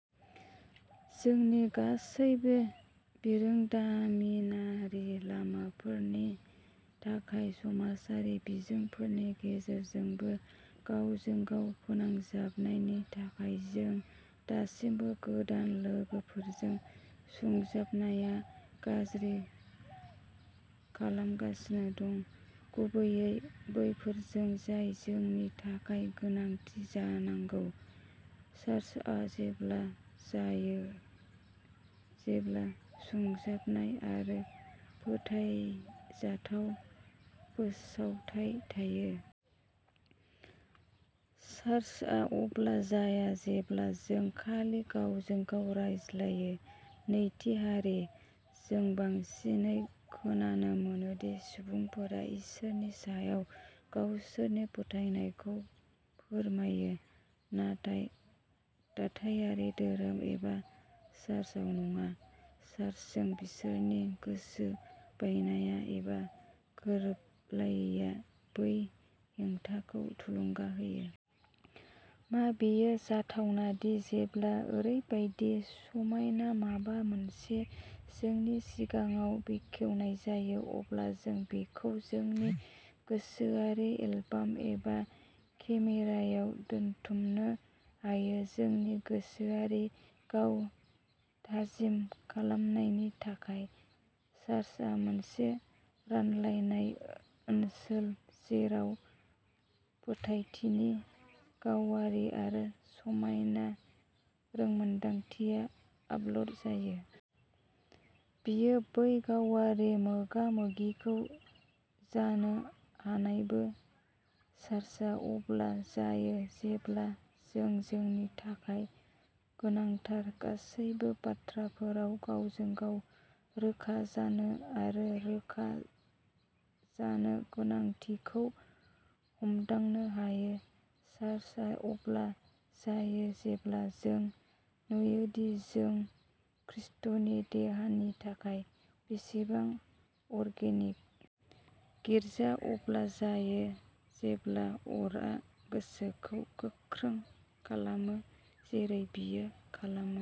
जोंनि गासैबो बिरोंदामिनारि लामाफोरनि थाखाय समाजारि बिजोंफोरनि गेजेरजोंबो गावजों गाव फोनांजाबनायनि थाखाय जों दासिमबो गोदान लोगोफोरजों सुंजाबनायाव गाज्रि खालामगासिनो दं। गुबैयै बैफोरजों जाय जोंनि थाखाय गोनांथि जानांगौ। चार्चआ अब्ला जायो जेब्ला सुंजाबनाय आरो फोथायजाथाव फोसावथाय थायो। चार्चआ अब्ला जाया जेब्ला जों खालि गावजों गाव रायज्लायो। नैथि हारि। जों बांसिनै खोनानो मोनो दि सुबुंफोरा इसोरनि सायाव गावसोरनि फोथायनायखौ फोरमायो नाथाय दाथायारि धोरोम एबा चार्चआव नङा। चार्चजों बिसोरनि गोसो बायनाया एबा गोरोबलायैया बै हेंथाखौ थुलुंगा होयो। मा बेयो जाथावना दि जेब्ला ओरैबायदि समायना माबा मोनसेखौ जोंनि सिगाङाव बेखेवनाय जायो। अब्ला जों बेखौ जोंनि गोसोआरि एलबाम एबा केमेरायाव दोनथुमनो हायो जोंनि गोसोआरि गाव थाजिम खालामनायनि थाखाय? चार्चआ मोनसे रानलायनाय ओनसोल जेराव फोथायथिनि गावारि आरो समायना रोंमोनदांथिया आपल'ड जायो। बेयो बै गावारि मोगा-मोगिखौ जानो हानायबो। चार्चआ अब्ला जायो जेब्ला जों जोंनि थाखाय गोनांथार गासैबो बाथ्राफोराव गावजों-गाव रोखा जानो आरो रोखा जानो गोनांथिखौ हमदांनो हायो। चार्चआ अब्ला जायो जेब्ला जों नुयोदि जों खृष्टनि देहानि थाखाय बेसेबां अर्गेनिक। गिर्जा अब्ला जायो जेब्ला अरआ गोसोखौ गोख्रै खालामो जेरै बेयो खालामो।